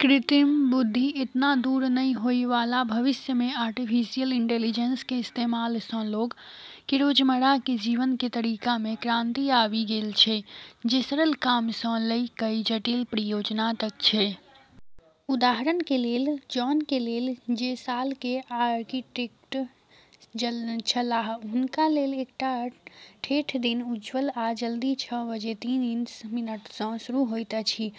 कृत्रिम बुद्धि एतना दूर नै होय वाला भविष्य मे आर्टिफिशियल इंटेलिजेंस के इस्तेमाल सँ लोग के रोजमर्रा के जीवन के तरीका मे क्रांति आबि गेल छै, जे सरल काम सँ लय कय जटिल परियोजना तक छै। उदाहरण के लेल जॉन के लेल, जे साल के आर्किटेक्ट छलाह। हुनका लेल एकटा ठेठ दिन उज्ज्वल आ जल्दी छह बजे तीस मिनट सँ शुरू होइत अछि।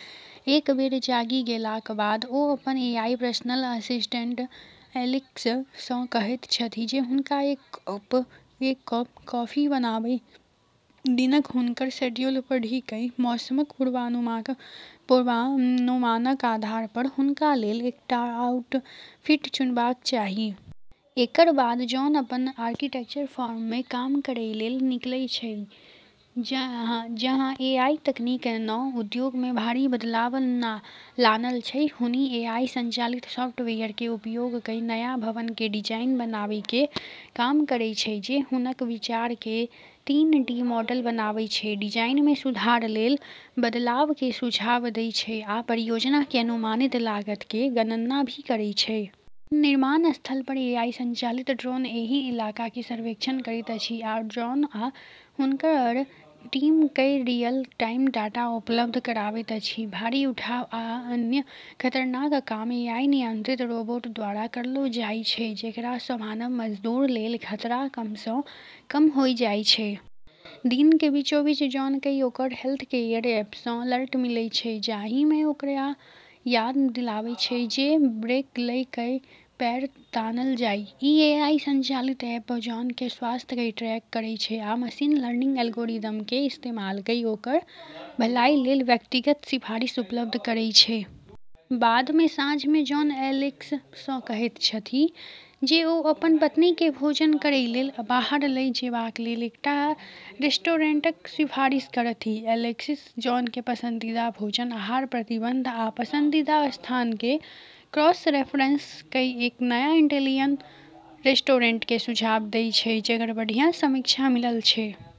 एक बेर जागि गेलाक बाद ओ अपन एआई पर्सनल असिस्टेंट "एलेक्सिस" सँ कहैत छथि जे हुनका एक कप कॉफी बनाबय, दिनक हुनकर शेड्यूल पढ़ि कय मौसमक पूर्वानुमानक आधार पर हुनका लेल एकटा आउटफिट चुनबाक चाही। एकर बाद जॉन अपन आर्किटेक्चर फर्म मे काम करै लेल निकलै छै, जहाँ एआई तकनीक नँ उद्योग मे भारी बदलाव लानल छै। हुनी एआई संचालित सॉफ्टवेयर के उपयोग कय नया भवन के डिजाइन बनाबै के काम करै छै जे हुनक विचार के तीन-डी मॉडल बनाबै छै, डिजाइन मे सुधार लेल बदलाव के सुझाव दै छै, आ परियोजना के अनुमानित लागत के गणना भी करै छै। निर्माण स्थल पर एआई संचालित ड्रोन एहि इलाका क सर्वेक्षण करैत अछि आ जॉन आ हुनकर टीम कए रियल टाइम डाटा उपलब्ध कराबैत अछि। भारी उठाव आ अन्य खतरनाक काम एआई नियंत्रित रोबोट द्वारा करलौ जाय छै, जेकरा सँ मानव मजदूर लेल खतरा कम सँ कम होय जाय छै। दिन के बीचोबीच जॉन कए ओकर हेल्थकेयर ऐप सँ अलर्ट मिलै छै जाहि मे ओकरा याद दिलाबै छै जे ब्रेक लय कय पैर तानल जाय। ई एआई संचालित ऐप जॉन के स्वास्थ्य कय ट्रैक करै छै आ मशीन लर्निंग एल्गोरिदम के इस्तेमाल कय ओकर भलाई लेल व्यक्तिगत सिफारिश उपलब्ध करै छै। बाद मे साँझ मे जॉन एलेक्सिस सँ कहैत छथि जे ओ अपन पत्नी के भोजन करय लेल बाहर लय जेबाक लेल एकटा रेस्टोरेंटक सिफारिश करथि। एलेक्सिस जॉन के पसंदीदा भोजन, आहार प्रतिबंध, आ पसंदीदा स्थान के क्रॉस-रेफरेंस कय एक नया इटैलियन रेस्टोरेंट के सुझाव दै छै जेकर बढ़िया समीक्षा मिलल छै।